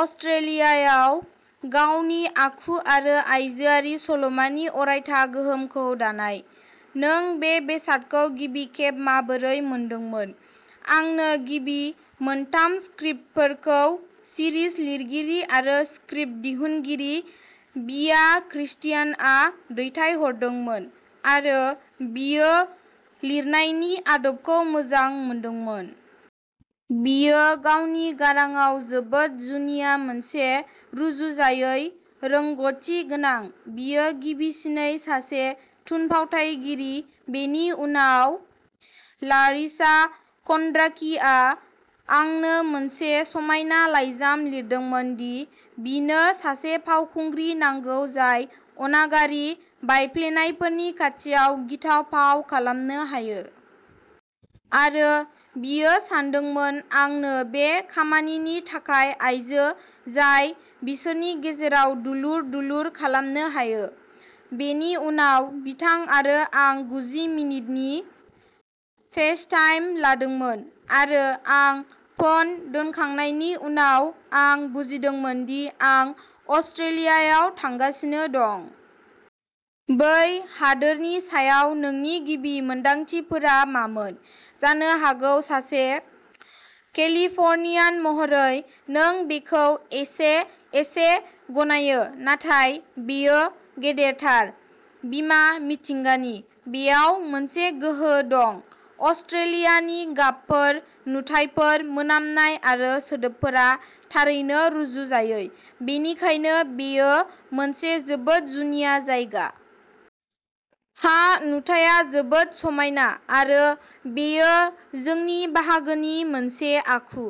अस्ट्रेलियायाव, गावनि आखु आरो आइजोआरि सल'मानि अरायथा गोहोमखौ दानाय। नों बे बेसादखौ गिबि खेब माबोरै मोनदोंमोन। आंनो गिबि मोनथाम स्क्रिप्टफोरखौ सिरिज लिरगिरि आरो स्क्रिप्ट दिहुनगिरि बीया क्रिस्टियानआ दैथायहरदोंमोन आरो बियो लिरनायनि आदबखौ मोजां मोनदोंमोन। बियो गावनि गारांआव जोबोद जुनिया मोनसे रुजुजायै रोंग'थि गोनां। बियो गिबिसिनै सासे थुनफावथाइगिरि बेनि उनाव लारिसा क'न्ड्राकीआ आंनो मोनसे समायना लाइजाम लिरदोंमोन दि बिनो सासे फावखुंग्रि नांगौ जाय अनागारि, बायफ्लेनायफोरनि खाथियाव गिथाव फाव खालामनो हायो। आरो बियो सानदोंमोन आंनो बे खामानिनि थाखाय आइजो, जाय बिसोरनि गेजेराव दुलुर दुलुर खालामनो हायो। बेनि उनाव बिथां आरो आं गुजि मिनिटनि फेसटाइम लादोंमोन, आरो आं फोन दोनखांनायनि उनाव आं बुजिदोंमोन दि आं अस्ट्रेलियायाव थांगासिनो दं। बै हादोरनि सायाव नोंनि गिबि मोनदांथिफोरा मामोन, जानो हागौ सासे केलिफ'र्नियान महरै नों बेखौ एसे एसे गनायो, नाथाय बेयो गेदेरथार। बिमा मिथिंगानि। बेयाव मोनसे गोहो दं। अस्ट्रेलियानि गाबफोर, नुथायफोर, मोनामनाय आरो सोदोबफोरा थारैनो रुजुजायै, बेनिखायनो बेयो मोनसे जोबोद जुनिया जायगा। हा नुथाया जोबोद समायना, आरो बेयो जोंनि बाहागोनि मोनसे आखु।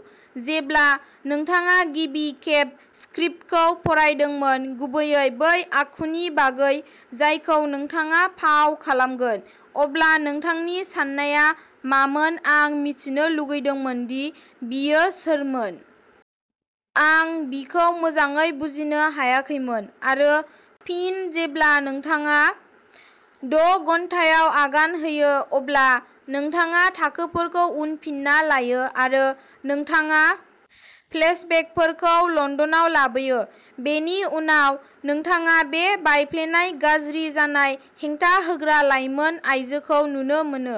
जेब्ला नोंथाङा गिबि खेब स्क्रिप्टखौ फरायदोंमोन, गुबैयै बै आखुनि बागै जायखौ नोंथाङा फाव खालामगोन, अब्ला नोंथांनि साननाया मामोन आं मिथिनो लुगैदोंमोन दि बियो सोरमोन। आं बिखौ मोजाङै बुजिनो हायाखैमोन। आरो फिन जेब्ला नोंथाङा द'घन्टायाव आगान होयो, अब्ला नोंथाङा थाखोफोरखौ उनफिनना लायो, आरो नोंथाङा फ्लेशबेकफोरखौ लन्दनाव लाबोयो। बेनि उनाव नोंथाङा बे बायफ्लेनाय, गाज्रि जानाय, हेंथा होग्रा लाइमोन आयजोखौ नुनो मोनो,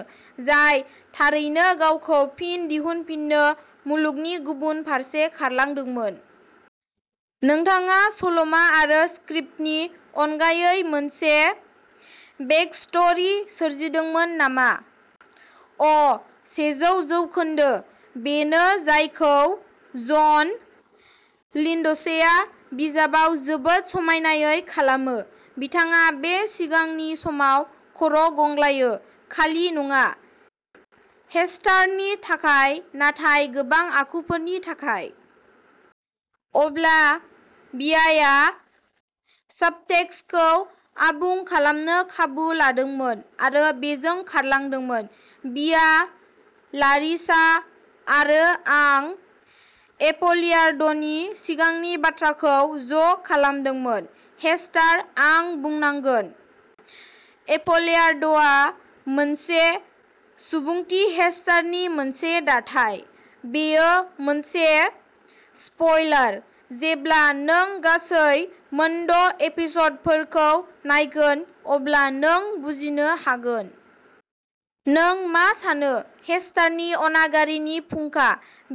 जाय थारैनो गावखौ फिन दिहुनफिननो मुलुगनि गुबुन फारसे खारलांदोंमोन। नोंथाङा सल'मा आरो स्क्रिप्टनि अनगायै मोनसे बेकस्ट'री सोरजिदोंमोन नामा अ सेजौ जौखोन्दो बेनो जायखौ जन लिन्डसेआ बिजाबाव जोबोद समायनायै खालामो। बिथाङा बे सिगांनि समाव खर'गंग्लायो खालि नङा। हेस्टारनि थाखाय, नाथाय गोबां आखुफोरनि थाखाय। अब्ला बियाआ साबटेक्सखौ आबुं खालामनो खाबु लादोंमोन, आरो बेजों खारलांदोंमोन। बिया, लारिसा आरो आं एपलेयार्डनि सिगांनि बाथ्राखौ ज'खालामदोंमोन। हेस्टार, आं बुंनांगोन। एपलेयार्डआ मोनसे सुबुंथि हेस्टारनि मोनसे दाथाय। बेयो मोनसे स्पइलार। जेब्ला नों गासै मोनद'एपिस'डफोरखौ नायगोन अब्ला नों बुजिनो हागोन। नों मा सानो हेस्टारनि अनागारिनि फुंखा?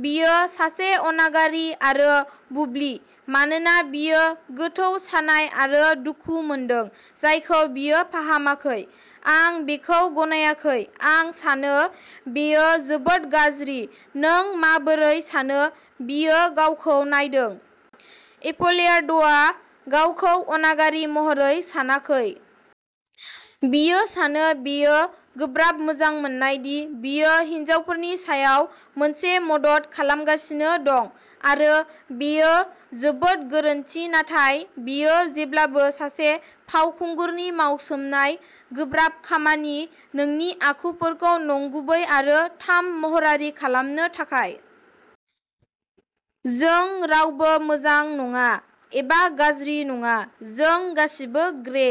बियो सासे अनागारि आरो बुल्लि, मानोना बियो गोथौ सानाय आरो दुखु मोनदों जायखौ बियो फाहामाखै। आं बेखौ गनायाखै; आं सानो बेयो जोबोद गाज्रि। नों माबोरै सानो बियो गावखौ नायदों एपलेयार्डआ गावखौ अनागारि महरै सानाखै। बियो सानो बेयो गोब्राब मोजां मोननाय, दि बियो हिनजावफोरनि सायाव मोनसे मदद खालामगासिनो दं। आरो बेयो जोबोद गोरोन्थि नाथाय बेयो जेब्लाबो सासे फावखुंगुरनि मावसोमनाय, गोब्राब खामानि, नोंनि आखुफोरखौ नंगुबै आरो थाम महरारि खालामनो थाखाय। जों रावबो मोजां नङा, एबा गाज्रि नङा। जों गासैबो ग्रे।